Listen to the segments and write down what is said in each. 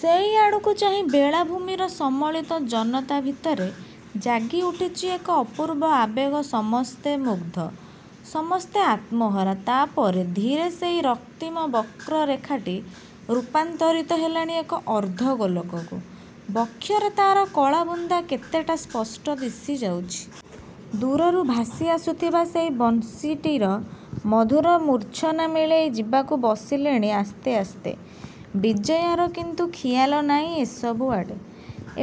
ସେଇଆଡ଼କୁ ଚାହିଁ ବେଳାଭୂମିରେ ସମଳିତ ଜନତା ଭିତରେ ଜାଗି ଉଠିଛି ଏକ ଅପୂର୍ବ ଆବେଗ ସମସ୍ତେ ମୁଗ୍ଧ। ସମସ୍ତେ ଆତ୍ମହରା। ତା' ପରେ…। ଧୀରେ ସେଇ ରକ୍ତିମ ବକ୍ର ରେଖାଟି ରୂପାନ୍ତରୀତ ହେଲାଣି ଏକ ଅର୍ଦ୍ଧ ଗୋଲକକୁ। ବକ୍ଷରେ ତା'ର କଳାବୁନ୍ଦା କେତେଟା ସ୍ପଷ୍ଟ ଦିଶି ଯାଉଚି। ଦୂରରୁ ଭାଷି ଆସୁଥିବା ସେଇ ବଂଶୀଟିର ମଧୁର ମୂର୍ଚ୍ଛନା ମିଳେଇ ଯିବାକୁ ବସିଲାଣି ଆସ୍ତେ ଆସ୍ତେ। ବିଜୟାର କିନ୍ତୁ ଖିଆଲ ନାଇଁ ଏସବୁ ଆଡ଼େ।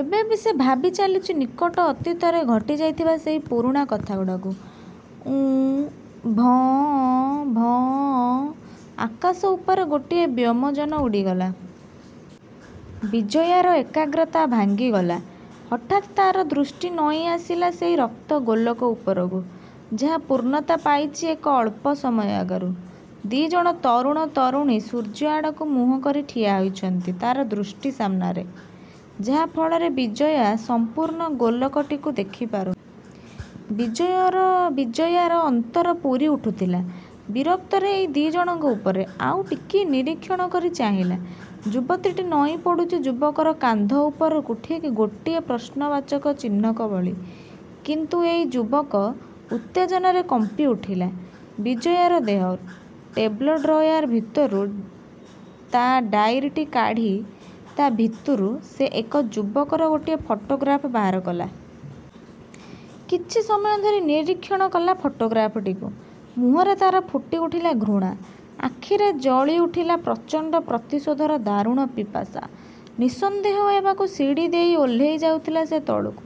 ଏବେ ବି ସେ ଭାବି ଚାଲିଚି ନିକଟ ଅତୀତରେ ଘଟିଯାଇଥିବା ସେଇ ପୁରୁଣାକଥାଗୁଡ଼ାକୁ। ଭଁ, ଭଁ ଅଁ, ଭଁ ଅଁ… ଆକାଶ ଉପରେ ଗୋଟାଏ ବ୍ୟେମଯାନ ଉଡ଼ିଗଲା। ବିଜୟାର ଏକାଗ୍ରତ ଭାଙ୍ଗିଗଲା। ହଠାତ୍ ତା'ର ଦୃଷ୍ଟି ନଇଁ ଆସିଲା ସେଇ ରକ୍ତ ଗୋଲକ ଉପରକୁ। ଯାହା ପୂର୍ଣ୍ଣତା ପାଇଚି ଏଇ ଅଳ୍ପ ସମୟ ଆଗରୁ। ଦି'ଜଣ ତରୁଣ ତରୁଣୀ ସୂର୍ଯ୍ୟଆଡ଼କୁ ମୁହଁ କରି ଠିଆ ହୋଇଛନ୍ତି ତା'ର ଦୃଷ୍ଟି ସାମନାରେ। ଯାହା ଫଳରେ ବିଜୟା ସଂପୂର୍ଣ୍ଣ ଗୋଲକଟିକୁ ଦେଖି ପାରୁନି। ବିଜୟାର ଅନ୍ତର ପୁରି ଉଠୁଥିଲା—ବିରକ୍ତରେ ଏଇ ଦି'ଜଣଙ୍କ ଉପରେ। ଆଉ ଟିକିଏ ନିରୀକ୍ଷଣ କରି ଚାହିଁଲା। ଯୁବତୀଟି ନଇଁ ପଡ଼ୁଚି ଯୁବକର କାନ୍ଧ ଉପରକୁ ଠିକ୍ ଗୋଟିଏ ପ୍ରଶ୍ନ ବାଚକଚିହ୍ନ ଭଳି। କିନ୍ତୁ ଏଇ ଯୁବକ…..। ଉତ୍ତେଜନାରେ କମ୍ପି ଉଠିଲା, ବିଜୟାର ଦେହ। ଟେବ୍ଲ ଡ୍ରୟାର ଭିତରୁ ତା' ଡାଇରିଟି କାଢ଼ି ତା'ଭିତରୁ ସେ ଏକ ଯୁବକର ଗୋଟିଏ ଫଟୋଗ୍ରାଫ ବାହାର କଲା। କିଛିସମୟ ଧରି ନିରୀକ୍ଷଣ କଲା ଫଟୋଗ୍ରାଫଟିକୁ। ମୁହଁରେ ତା'ର ଫୁଟି ଉଠିଲା ଘୃଣା। ଆଖିରେ ଜଳି ଉଠିଲା ପ୍ରଚଣ୍ତ ପ୍ରତିଶୋଧର ଦାରୁଣ ପିପାସା। ନିଃସନ୍ଦେହ ହେବାକୁ ସିଡ଼ି ଦେଇ ଓହ୍ଲେଇ ଯାଉଥିଲା ସେ ତଳକୁ,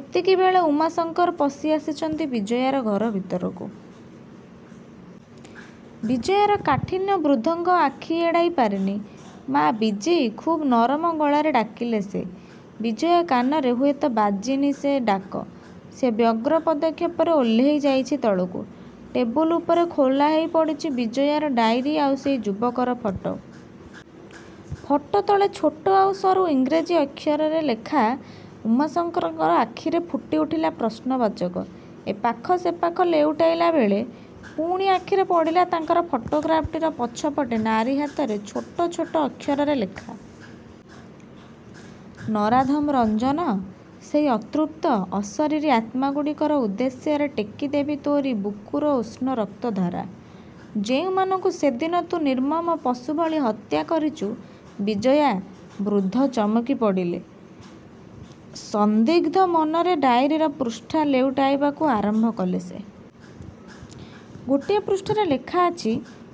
ଏତିକି ବେଳେ ଉମାଶଙ୍କର ପଶି ଆସିଛନ୍ତି ବିଜୟାର ଘର ଭିତରକୁ। ବିଜୟାର କାଠିନ୍ୟ ବୃଦ୍ଧଙ୍କ ଆଖି ଏଡ଼ାଇ ପାରିନି। "ମା, ବିଜୀ! '' ଖୁବ୍ ନରମ ଗଳାରେ ଡାକିଲେ ସେ। ବିଜୟା କାନରେ ହୁଏତ ବାଜି ନି ସେ ଡାକ। ସେ ବ୍ୟଗ୍ର, ପଦକ୍ଷେପରେ ଓହ୍ଲେଇ ଯାଇଛି ତଳକୁ। ଟେବୁଲ୍ ଉପରେ ଖୋଲା ହେଇ ପଡ଼ିଚି ବିଜିୟାର ଡାଇରୀ ଆଉ ସେଇ ଯୁବକର ଫଟୋ। ଫଟୋ ତଳେ ଛୋଟ ଆଉ ସରୁ ଇଂରେଜୀ ଅକ୍ଷରରେ ଲେଖା— ''" ଉମାଶଙ୍କରଙ୍କ ଆଖିରେ ଫୁଟି ଉଠିଲା ପ୍ରଶ୍ନବାଚକ। ଏ ପାଖ ସେପାଖ ଲେଉଟାଇଲା ବେଳେ ପୁଣି ଆଖିରେ ପଡ଼ିଲା ତାଙ୍କର ଫଟୋ ଗ୍ରାଫେ୍ଟାରେ ପଛ ପଟେ ନାରୀ ହାତରେ ଛୋଟ ଛୋଟ ଅକ୍ଷରରେ ଲେଖା। "ନରାଧମ ରଞ୍ଜନ, ସେଇ ଅତୃପ୍ତ, ଅଶରିରୀ ଆତ୍ମାଗୁଡ଼ିକର ଉଦ୍ଦେଶ୍ୟରେ ଟେକି ଦେବି ତୋ'ରି ବୁକୁର ଉଷ୍ଣ ରକ୍ତ ଧାରା, ଯେଉଁମାନଙ୍କୁ ସେଦିନ ତୁ ନିର୍ମ୍ମମ ପଶୁ ଭଳି ହତ୍ୟା କରିଚୁ। ବିଜୟା। '' ବୃଦ୍ଧ ଚମକି ପଡ଼ିଲେ। ସନ୍ଦିଗ୍ଧ ମନରେ ଡାଇରୀର ପୃଷ୍ଠା ଲେଉଟାଇବାକୁ ଆରମ୍ଭ କଲେ ସେ। ଗୋଟାଏ ପୃଷ୍ଠାରେ ଲେଖା ଅଛି।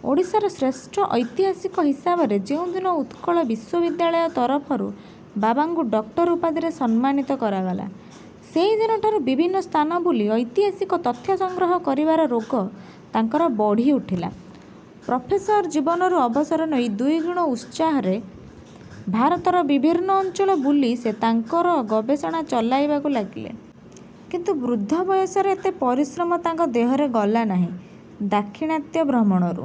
"ଓଡ଼ିଶାର ଶ୍ରେଷ୍ଠ ଐତିହାସିକ ହିସାବରେ ଯେଉଁଦିନ ଉତ୍କଳ ବିଶ୍ଵବିଦ୍ୟାଳୟ ତରଫରୁ ବାବାଙ୍କୁ ଡକ୍ଟର ଉପାଧିରେ ସମ୍ମାନିତ କରାଗଲା, ସେହି ଦିନଠାରୁ ବିଭିନ୍ନ ସ୍ଥାନ ବୁଲି ଐତିହାସିକ ତଥ୍ୟ ସଂଗ୍ରହ କରିବାର ରୋଗ ତାଙ୍କର ବଢ଼ି ଉଠିଲା। ପ୍ରଫେସର ଜୀବନରୁ ଅବସର ନେଇ, ଦ୍ଵିଗୁଣ ଉତ୍ସାହରେ ଭାରତର ବିଭିନ୍ନ ଅଞ୍ଚଳ ବୁଲି ସେ ତାଙ୍କର ଗବେଷଣା ଚଳାଇବାକୁ ଲାଗିଲେ। କିନ୍ତୁ ବୃଦ୍ଧ ବୟସରେ ଏତେ ପରିଶ୍ରମ ତାଙ୍କ ଦେହରେ ଗଲା ନାହିଁ। ଦାକ୍ଷିଣାତ୍ୟ ଭ୍ରମଣରୁ